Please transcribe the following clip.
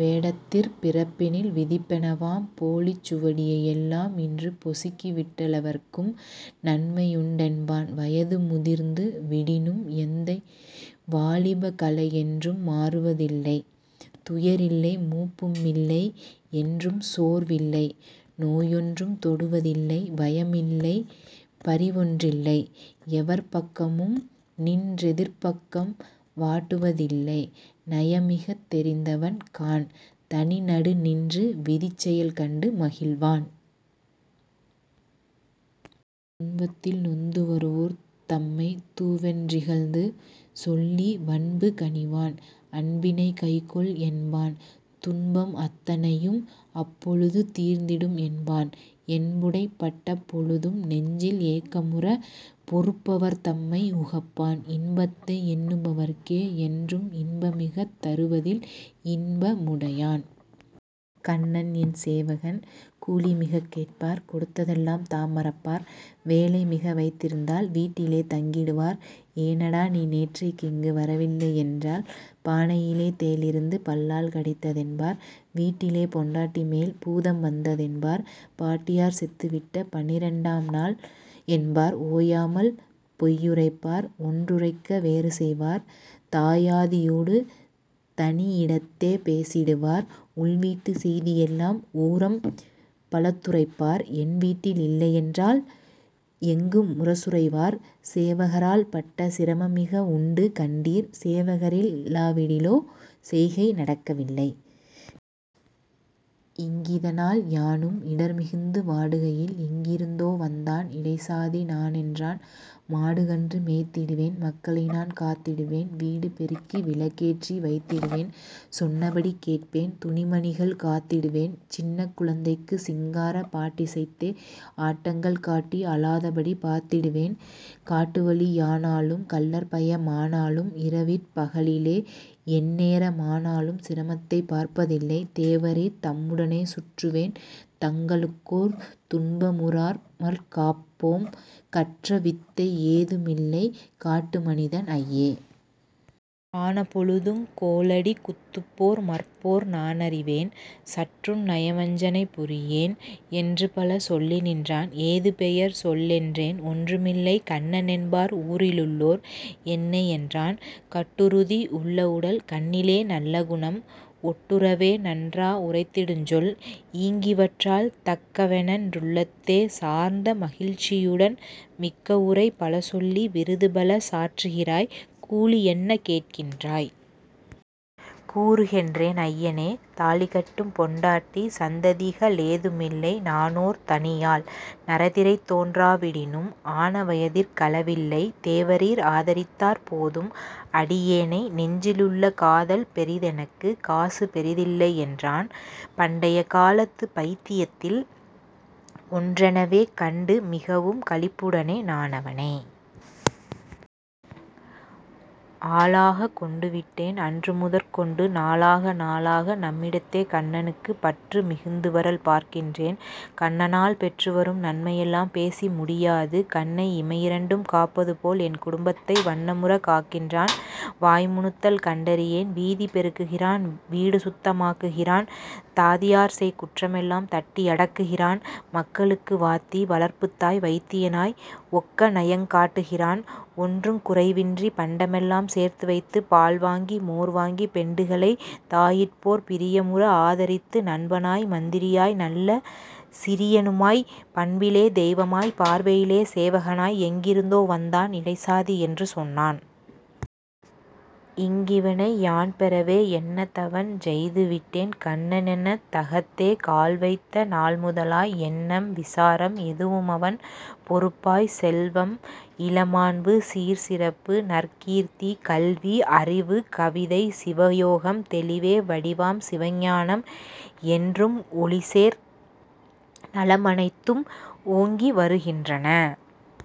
வேடத்திற் பிறப்பினில் விதிப்பன வாம் போலிச் சுவடியை யெல்லாம் இன்று பொசுக்கிவிட்டாலெவர்க்கும் நன்மையுண்டென்பான். வயது முதிர்ந்து விடினும் எந்தை வாலிபக் களையென்றும் மாறுவதில்லை; துயரில்லை; மூப்பு மில்லை, என்றும் சோர்வில்லை; நோயொன்றும் தொடுவ தில்லை; பயமில்லை, பரிவொன்றில்லை, எவர் பக்கமும்நின் றெதிர்ப்பக்கம் வாட்டுவ தில்லை நயமிகத் தெரிந்தவன் காண்; தனி நடுநின்று விதிச்செயல் கண்டு மகிழ்வான். துன்பத்தில் நொந்து வருவோர் தம்மைத் தூவென் றிகழ்ந்து சொல்லி வன்பு கனிவான்; அன்பினைக் கைக்கொள் என்பான்; துன்பம் அத்தனையும் அப்பொழுது தீர்ந்திடும் என்பான்; என்புடை பட்ட பொழுதும் நெஞ்சில் ஏக்கமுறப் பொறுப்பவர் தம்மை உகப்பான்; இன்பத்தை எண்ணு பவர்க்கே என்றும் இன்பமிகத் தருவதில் இன்ப முடையான்... கண்ணன் என் சேவகன் கூலிமிகக் கேட்பார் கொடுத்ததெலாம் தாம் மறப்பார்: வேலைமிக வைத்திருந்தால் வீட்டிலே தங்கிடுவார்; 'ஏனடா, நீ நேற்றைக் கிங்குவர வில்லை' யென்றால் பானையிலே தேளிருந்து பல்லால் கடித்த தென்பார்; வீட்டிலே பெண்டாட்டி மேற்பூதம் வந்ததென்பார்; பாட்டியார் செத்துவிட்ட பன்னிரண்டாம் நாளென்பார்; ஓயாமல் பொய்யுரைப்பார்; ஒன்றுரைக்க வேறுசெய்வார்; தாயாதி யோடு தனியிடத்தே பேசிடுவார்; உள்வீட்டுச் செய்தியெல்லாம் ஊரம் பலத்துரைப்பார்; என்வீட்டில் இல்லையென்றால் எங்கும் முரசறைவார்; சேவகரால் பட்ட சிரமமிக உண்டு கண்டீர்; சேவகரில் லாவிடிலோ, செய்கை நடக்கவில்லை. இங்கிதனால் யானும் இடர்மிகுந்து வாடுகையில்; எங்கிருந்தோ வந்தான், 'இடைச்சாதி நான்' என்றான்; ''மாடுகன்று மேய்த்திடுவேன், மக்களை நான் காத்திடுவேன் வீடு பெருக்கி விளக்கேற்றி வைத்திடுவேன்; சொன்னபடி கேட்பேன்; துணிமணிகள் காத்திடுவேன்; சின்னக் குழந்தைக்குச் சிங்காரப் பாட்டிசைத்தே ஆட்டங்கள் காட்டி அழாதபடி பார்த்திடுவேன்; காட்டுவழி யானாலும், கள்ளர்பய மானாலும்; இரவிற் பகலிலே எந்நேர மானாலும் சிரமத்தைப் பார்ப்பதில்லை, தேவரீர் தம்முடனே சுற்றுவேன் தங்களுக்கோர் துன்பமுறா மற்காப்போன்; கற்ற வித்தை யேதுமில்லை; காட்டு மனிதன்; ஐயே! ஆன பொழுதுங் கோலடி குத்துப்போர் மற்போர் நானறிவேன்; சற்றும் நயவஞ் சனைபுரியேன்'' என்றுபல சொல்லி நின்றான் ''ஏது பெயர்? சொல்'' என்றேன் ''ஒன்றுமில்லை; கண்ணனென்பார் ஊரிலுள்ளோர் என்னை'' என்றான். கட்டுறுதி யுள்ளவுடல், கண்ணிலே நல்லகுணம் ஒட்டுறவே நன்றா உரைத்திடுஞ்சொல் -ஈங்கிவற்றால்; தக்கவனென் றுள்ளத்தே சார்ந்த மகிழ்ச்சியுடன், ''மிக்கவுரை பலசொல்லி விருதுபல சாற்றுகிறாய்; கூலியென்ன கேட்கின்றாய்? கூறு'' கென்றேன். ''ஐயனே! தாலிகட்டும் பெண்டாட்டி சந்ததிக ளேதுமில்லை; நானோர் தனியாள்; நரைதிரை தோன்றா விடினும் ஆன வயதிற் களவில்லை; தேவரீர் ஆதரித்தாற் போதும் அடியேனை; நெஞ்சிலுள்ள காதல் பெரிதெனக்குக் காசுபெரி தில்லை'' யென்றான். பண்டைக் காலத்து பயித்தியத்தில் ஒன்றெனவே கண்டு மிகவும் களிப்புடனே நானவனை. ஆளாகக் கொண்டு விட்டேன் அன்று முதற்கொண்டு, நாளாக நாளாக, நம்மிடத்தே கண்ணனுக்குப் பற்று மிகுந்துவரல் பார்க்கின்றேன்; கண்ணனால் பெற்றுவரும் நன்மையெல்லாம் பேசி முடியாது கண்ணை இமையிரண்டும் காப்பதுபோல், என் குடும்பம் வண்ணமுறக் காக்கின்றான் வாய்முணுத்தல் கண்டிறியேன் வீதி பெருக்குகிறான்; வீடு சுத்த மாக்குகிறான்; தாதியர்செய் குற்றமெல்லாம் தட்டி யடக்குகிறான்; மக்களுக்கு வாத்தி, வளர்ப்புத்தாய், வைத்தியனாய் ஒக்கநயங் காட்டுகிறான்; ஒன்றுங் குறைவின்றிப் பண்டமெலாம் சேர்த்துவைத்துப் பால்வாங்கி மோர் வாங்கிப் பெண்டுகளைத் தாய்போற் பிரியமுற ஆதரித்து நண்பனாய், மந்திரியாய், நல்ல சிரியனுமாய், பண்பிலே தெய்வமாய்ப் பார்வையிலே சேவகனாய், எங்கிருந்தோ வந்தான், இடைச்சாதியென்று சொன்னான். இங்கிவனை யான் பெறவே என்னதவஞ் செய்து விட்டேன்! கண்ணன் என தகத்தே கால்வைத்த நாள்முதலாய் எண்ணம் விசாரம் எதுவுமவன் பொறுப்பாய்ச் செல்வம், இளமாண்பு, சீர், சிறப்பு, நற்கீர்த்தி, கல்வி, அறிவு, கவிதை, சிவ யோகம், தெளிவே வடிவாம் சிவஞானம், என்றும் ஒளிசேர் நலமனைத்தும் ஓங்கிவரு கின்றன